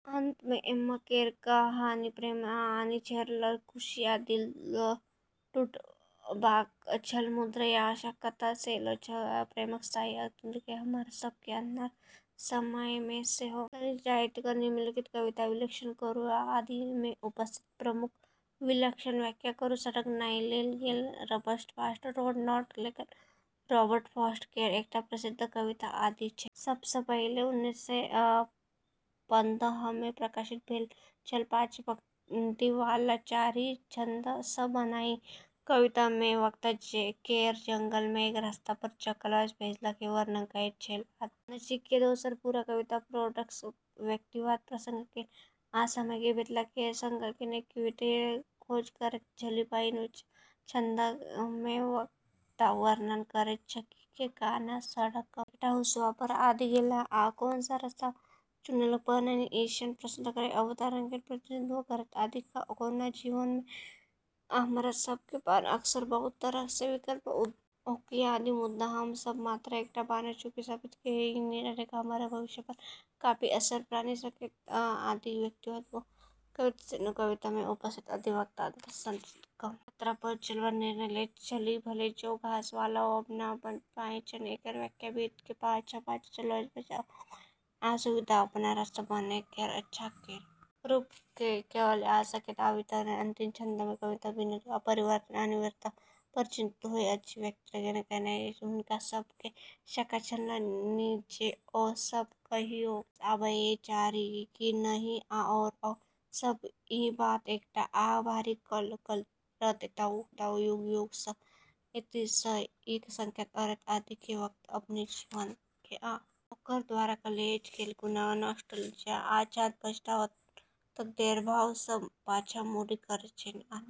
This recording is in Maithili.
अंत मे एम्मा केर कहानी प्रेम आ हानि केर छल खुशी आ दिल टूटबाक छल मुदा ई आशाक कथा सेहो छल आ प्रेमक स्थायी शक्तिक जे हमरा सभ केँ अन्हार समय मे सेहो लऽ जाइत छल निम्नलिखित कविताक विश्लेषण करू आ एहि मे उपस्थित प्रमुख विषयक व्याख्या करू सड़क नहि लेल गेल Robert Frost the road not taken Robert Frost केर एकटा प्रसिद्ध कविता अछि जे सब सँ पहिने उन्नैस सए पन्द्रहमे प्रकाशित भेल छल पाँच-पाँच पंक्ति वाला चारि छंद सँ बनल ई कविता मे वक्ता केर जंगल मे एक रास्ता पर चलबाक फैसला केर वर्णन कएल गेल अछि नहि कि दोसर पूरा कविता मे फ्रॉस्ट व्यक्तिवाद पसंद केर प्रकृति आ समय केर बीतला केर संग कएक विषय केर खोज करैत छथि पहिल छंद मे वक्ता वर्णन करैत छथि जे कोना सड़कक एकटा हँसुआ पर आबि गेलाह आ कोन रस्ता चुनब पड़लनि ई क्षण पसंद केर अवधारणा केर प्रतिनिधित्व करैत अछि आ कोना जीवन मे हमरा सभ केर पास अक्सर बहुत तरह केर विकल्प उपलब्ध होइत अछि मुदा हम सभ मात्र एकटा बाट चुनि सकैत छी आ एहि निर्णयक हमर भविष्य पर काफी असर पड़ि सकैत अछि व्यक्तिवादक विषय सेहो कविता मे उपस्थित अछि वक्ता अंततः सड़क कम यात्रा पर चलबाक निर्णय लैत छथि भले ओ घास वाला हो आ पहनब चाहैत छल एकर व्याख्या भीड़ केर पाछाँ-पाछाँ चलबाक बजाय अलग होयबाक आ दुनिया मे अपन रास्ता बनाबै केर इच्छा केर रूप मे कएल जा सकैत अछि कविताक अंतिम छंद मे समयक बीतैत आ परिवर्तनक अनिवार्यता पर चिंतन होइत अछि वक्ता केर कहनाइ छन्हि जे हुनका सभ केँ शंका छलन्हि जे ओ सभ कहियो वापस आबय के चाही कि नहि आओर ओ सभ ई बात एकटा आह भरि कऽ कहि रहल हेताह कतहु युग-युग सँ एहि सँ ई संकेत करैत अछि जे वक्ता अपन जीवन केँ आ ओकरा द्वारा कएल गेल चुनाव केँ नॉस्टेलजिया आ शायद पछतावा तक केर भाव सँ पाछाँ मुड़ि कऽ देखैत छथि